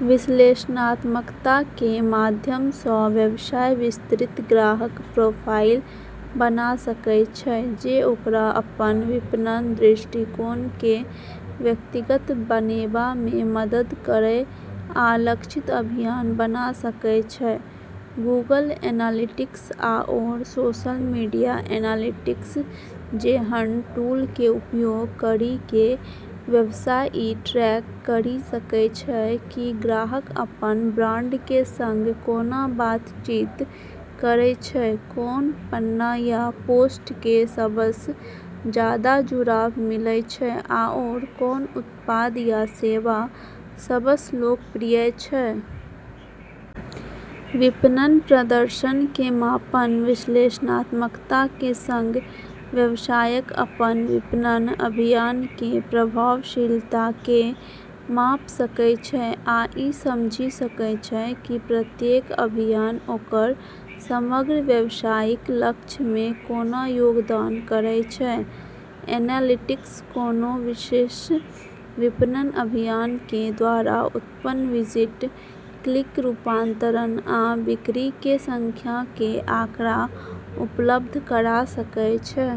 विश्लेषणात्मकताके माध्यमसँ व्यवसाय विस्तृत ग्राहक प्रोफाइल बना सकै छै जे ओकरा अपन विपणन दृष्टिकोणके व्यक्तिगत बनेबामे मदद करै आ लक्षित अभियान बना सकय छै । गूगल एनालिटिक्स आओर सोशल मीडिया एनालिटिक्स जेहन टूलके उपयोग करिके व्यवसाय ई ट्रैक करि सकै छै कि ग्राहक अपन ब्रांडके सङ्ग कोना बातचीत करै छै, कोन पन्ना या पोस्टके सबसँ जादा जुड़ाव मिलै छै, आओर कोन उत्पाद या सेवा सबसँ लोकप्रिय छै। विपणन प्रदर्शनके मापन विश्लेषणात्मकताके सङ्ग, व्यवसायक अपन विपणन अभियानके प्रभावशीलताके माप सकय छै आ ई समझि सकय छै की प्रत्येक अभियान ओकर समग्र व्यवसायिक लक्ष्यमे कोना योगदान करय छै। एनालिटिक्स कोनो विशेष विपणन अभियानके द्वारा उत्पन्न विजिट, क्लिक, रूपांतरण, आ बिक्रीके संख्याके आँकड़ा उपलब्ध करा सकय छै।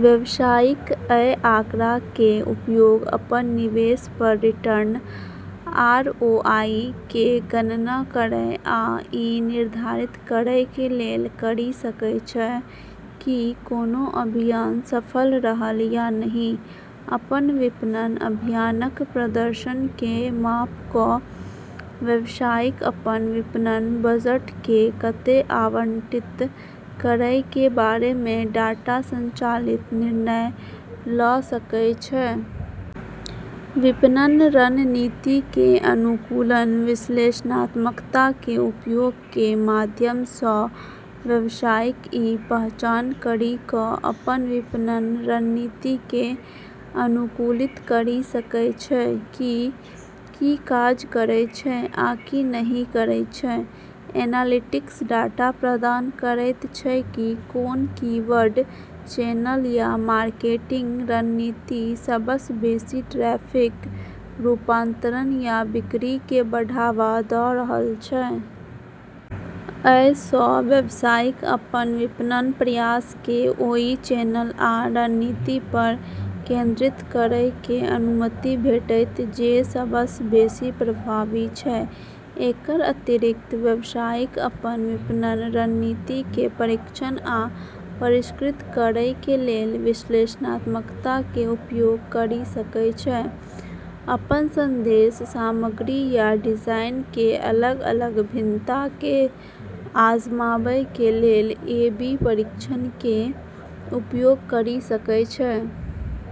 व्यवसायिक अइ आँकड़ाके उपयोग अपन निवेश पर रिटर्न (आरओआई) केँ गणना करय आ ई निर्धारित करैके लेल करि सकै छै कि कोनो अभियान सफल रहल या नहि । अपन विपणन अभियानक प्रदर्शनके माप क' व्यवसायिक अपन विपणन बजटके कतय आवंटित करयके बारेमे डाटा संचालित निर्णय ल' सकय छै । विपणन रणनीतिके अनुकूलन विश्लेषणात्मकताके उपयोगके माध्यमसँ व्यवसायिक ई पहचान करि क' अपन विपणन रणनीतिकें अनुकूलित करि सकय छै कि, की काज करय छै आ की नहि करय छै । एनालिटिक्स डाटा प्रदान करैत छै की कोन कीवर्ड, चैनल, या मार्केटिंग रणनीति सबसँ बेशी ट्रैफिक, रूपांतरण या बिक्रीके बढ़ावा द' रहल छै । अइ सँ व्यवसायिक अपन विपणन प्रयासके ओइ चैनल आ रणनीति पर केंद्रित करैके अनुमति भेटैत जे सबसँ बेशी प्रभावी छै । एकर अतिरिक्त, व्यवसायिक अपन विपणन रणनीतिके परीक्षण आ परिष्कृत करैके लेल विश्लेषणात्मकताके उपयोग करि सकै छै, अपन संदेश, सामग्री या डिजाइनके अलग-अलग भिन्नताके आजमाबैके लेल ए/बी परीक्षणके उपयोग करि सकै छै।